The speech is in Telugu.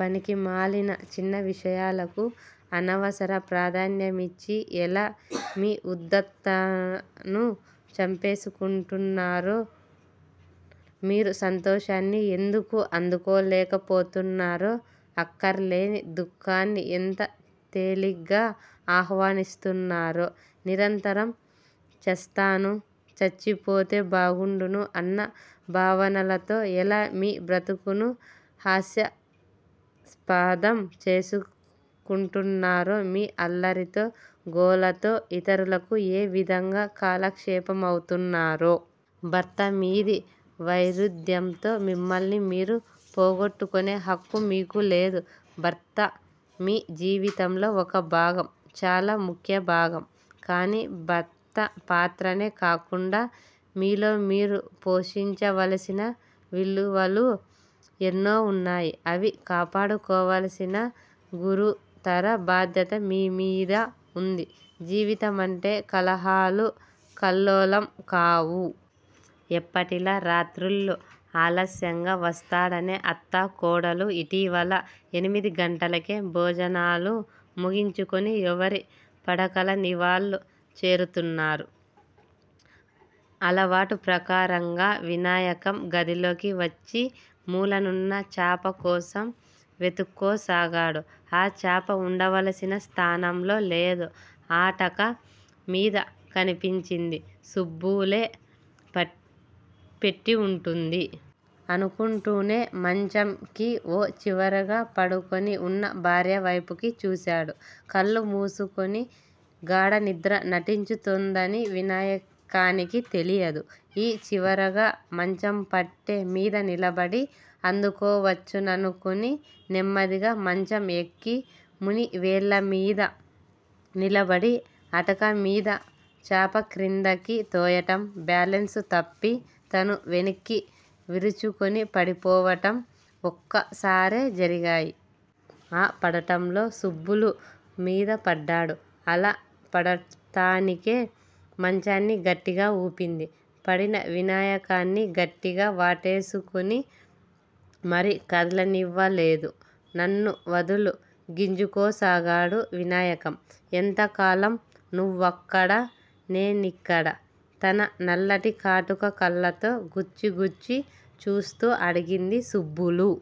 పనికిమాలిన చిన్న విషయాలకు అనవసర ప్రాధాన్యమిచ్చి ఎలా మీ ఉదాత్తతను చంపేసుకుంటున్నారో. మీరు సంతోషాన్ని ఎందుకు అందుకోలేకపోతున్నారో. అక్కర్లేని దుఃఖాన్ని ఎంత తేలిగ్గా ఆహ్వానిస్తున్నారో. నిరంతరం 'చస్తాను చచ్చిపోతే బావుండును' అన్న భావనలతో ఎలా మీ బ్రతుకును హాస్యాస్పదం చేసేసుకుంటున్నారో. మీ అల్లరితో, గోలతో ఇతరులకు ఏ విధంగా కాలక్షేపమవుతున్నారో. భర్త మీది వైరుధ్యంతో మిమ్మల్ని మీరు పోగొట్టుకునే హక్కు మీకు లేదు! భర్త మీ జీవితంలో ఒక భాగం. చాలా ముఖ్యభాగం. కాని భర్తపాత్రనే కాకుండా మీలో మీరు పోషించవలసిన విలువలు ఎన్నో వున్నాయి. అవి కాపాడుకోవలసిన గురుతర బాధ్యత మీమీద వుంది. జీవితమంటే కలహాలూ, కల్లోలం కావు. ఎప్పటిలా రాత్రిళ్ళు ఆలస్యంగా వస్తాడనే అత్తా కోడలు యిటీవల ఎనిమిది గంటలకే భోజనాలు ముగించుకుని ఎవరి పడకలనివాళ్ళు చేరుతున్నారు. అలవాటు ప్రకారంగా వినాయకం గదిలోకి వచ్చి మూలనున్న చాప కోసం వెతుక్కోసాగాడు. ఆ చాప వుండవలసిన స్తానంలో లేదు. ఆటక మీద కనిపించింది. సుబ్బులే పెట్టివుంటుంది! అనుకుంటూనే మంచంకి ఓ చివరగా పడుకుని వున్న భార్యవైపుకి చూశాడు. కళ్ళు మూసుకుని గాఢ నిద్ర నటించుతున్నదని వినాయకానికి తెలియదు. ఈ చివరగా మంచం పట్టె మీద నిలబడి అందుకోవచ్చుననుకుని నెమ్మదిగా మంచంఎక్కి మునివేళ్ళమీద నిలబడి అటకమీద చాపక్రిందకి తోయటం, బాలెన్సు తప్పి తను వెనక్కి విరుచుకుని పడిపోవటం ఒక్కసారే జరిగాయి. ఆ పడటంలో సుబ్బులు మీద పడ్డాడు. అలా పడతానికే మంచాన్ని గట్టిగా ఊపింది. పడిన వినాయకాన్ని గట్టిగా వాటేసుకుని మరి కదలనివ్వలేదు. నన్ను వదులు! గింజుకోసాగాడు వినాయకం. ఎంత కాలం నువ్వక్కడ? నేనిక్కడ? తన నల్లటి కాటుక కళ్ళతో గుచ్చి గుచ్చి చూస్తూ అడిగింది సుబ్బులు.